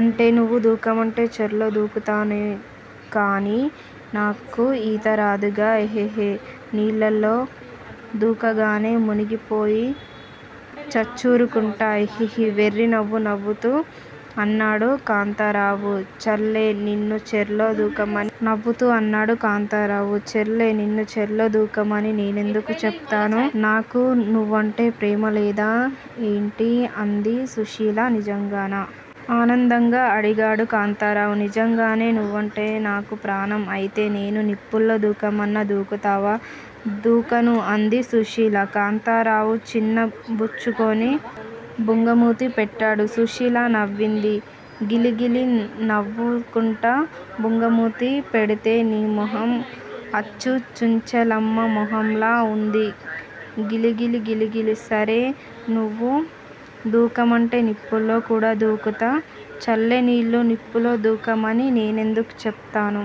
అంటే నువ్వు దూకమంటే చర్లో దూకుతాననుకో హి కానీ నాకు ఈతరాదుగా! హిహి నీళ్లలో దూకగానే మునిగిపోయి చచ్చూరుకుంటా హిహిహి వెర్రి నవ్వు నవ్వుతూ అన్నాడు కాంతారావు. చాల్లే నిన్ను చెర్లో దూకమని నేనెందుకు చెప్తాను? నాకు నువ్వంటే ప్రేమలేదా ఏంటి? అంది సుశీల. నిజంగానా? ఆనందంగా అడిగాడు కాంతారావు. నిజంగానే నువ్వంటే నాకు ప్రాణం అయితే నేను నిప్పుల్లో దూకమన్నా దూకుతావా?. దూకను అంది సుశీల. కాంతారావ్ చిన్నబుచ్చుకుని బుంగమూతి పెట్టాడు. సుశీల నవ్వింది. గిలి గిలిగిలి నువ్వట్టా బుంగమూతి పెడ్తే నీ మొహం అచ్చు చుంచెలక మొహంలా ఉంది గిలి గిలిగిలి సర్లే నువ్ దూకమంటే నిప్పుల్లో కూడా దూకుతా చాల్లే నిన్ను నిప్పుల్లో దూకమని నేనెందుకు చెప్తానూ?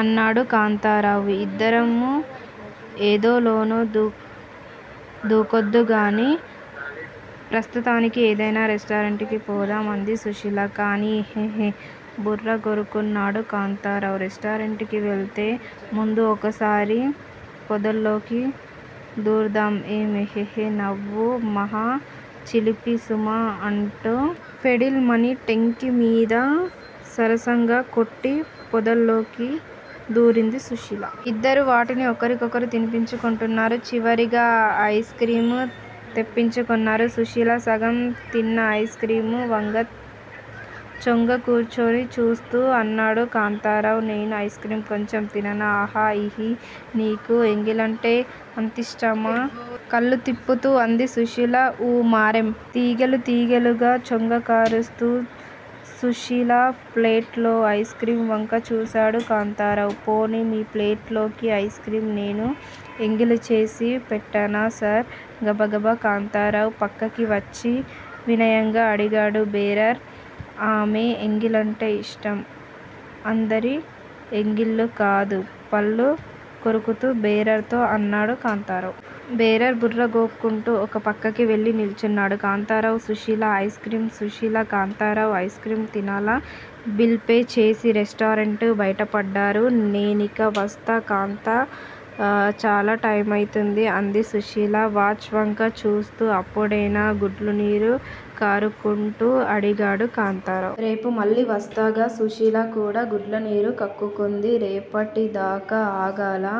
అన్నాడు కాంతారావ్. ఇద్దరం ఎందులోనూ దూకొద్దుగానీ ప్రస్తుతానికి ఏదైనా రెస్టారెంట్ కి పోదాం అంది సుశీల. కానీ హి హిహి బుర్ర గోక్కున్నాడు కాంతారావ్. రెస్టారెంట్ కి వెళ్ళే ముందు ఓసారి పొదలోకి దూర్దాం ఏం? హిహి నువ్వు మహా చిలిపి సుమా అంటూ ఫెడీల్మని టెంకిమీద సరసంగా కొట్టి పొదలోకి దూరింది సుశీల. ఇద్దరూ వాటిని ఒకరికొకరు తినిపించుకుంటూ తిన్నారు. చివరగా ఐస్క్రీం తెప్పించుకున్నారు. సుశీల సగం తిన్న ఐస్ర్కీం వంక చొంగ కార్చుకుని చూస్తూ అన్నాడు కాంతారావ్. నేనా ఐస్ర్కీం కొంచెం తిననా? ఆ! హి! నీకు ఎంగిలంటే అంతిష్టమా? కళ్ళు తిప్పుతూ అంది సుశీల. ఊ మరేం! తీగెలు తీగెలుగా చొంగకారుస్తూ సుశీల ప్లేట్ లోని ఐస్ర్కీం వంక చూశాడు కాంతారావ్. పోనీ! మీ ప్లేట్ లోని ఐస్ర్కీం నేను ఎంగిలి చేసి పెట్నా సార్? గబగబా కాంతారావ్ పక్కకి వచ్చి వినయంగా అడిగాడు బేరర్. నాకు ఆమె ఎంగిలంటే ఇష్టం అందరి ఎంగిళ్ళూ కాదు పళ్ళు కొరుకుతూ బేరర్ తో అన్నాడు కాంతారావ్. బేరర్ బుర్ర గోక్కుంటూ ఓ పక్కకి వెళ్ళి నిల్చున్నాడు. కాంతారావు సుశీల ఐస్ర్కీం, సుశీల కాంతారావు ఐస్ర్కీం తిన్నాక బిల్ పే చేసి రెస్టారెంట్ బయటపడ్డారు. నేనిక వస్తా కాంతా చాలా టైమైపోయింది అంది సుశీల వాచ్ వంక చూస్తూ. అప్పుడేనా? గుడ్లనీరు కక్కుకుంటూ అడిగాడు కాంతారావ్. రేపు మళ్ళీ వస్తాగా సుశీల కూడా గుడ్లనీరు కక్కుకుంది. రేపటిదాకా ఆగాలా?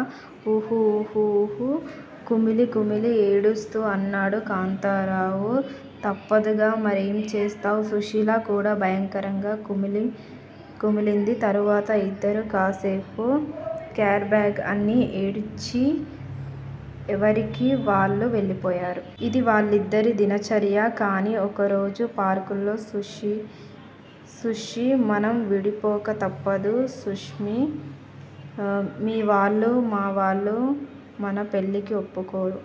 ఉహు ఉహు ఉహు కుమిలి కుమిలి ఏడుస్తూ అన్నాడు కాంతారావ్. తప్పదుగా మరేం చేస్తాం? సుశీల కూడా భయకరంగా కుమిలింది. తర్వాత ఇద్దరూ కాస్సేపు క్యార్ బ్యార్ అని ఏడ్చి ఎవరిళ్ళకి వాళ్ళు వెళ్ళిపోయారు. ఇది వాళ్లిద్దరి దినచర్య. కానీ ఒకరోజు పార్కులో సుశ్శీ మనం విడిపోక తప్పదు సుశ్శీ మీ వాళ్ళూ మా వాళ్ళూ మన పెళ్ళికి ఒప్పుకోరు.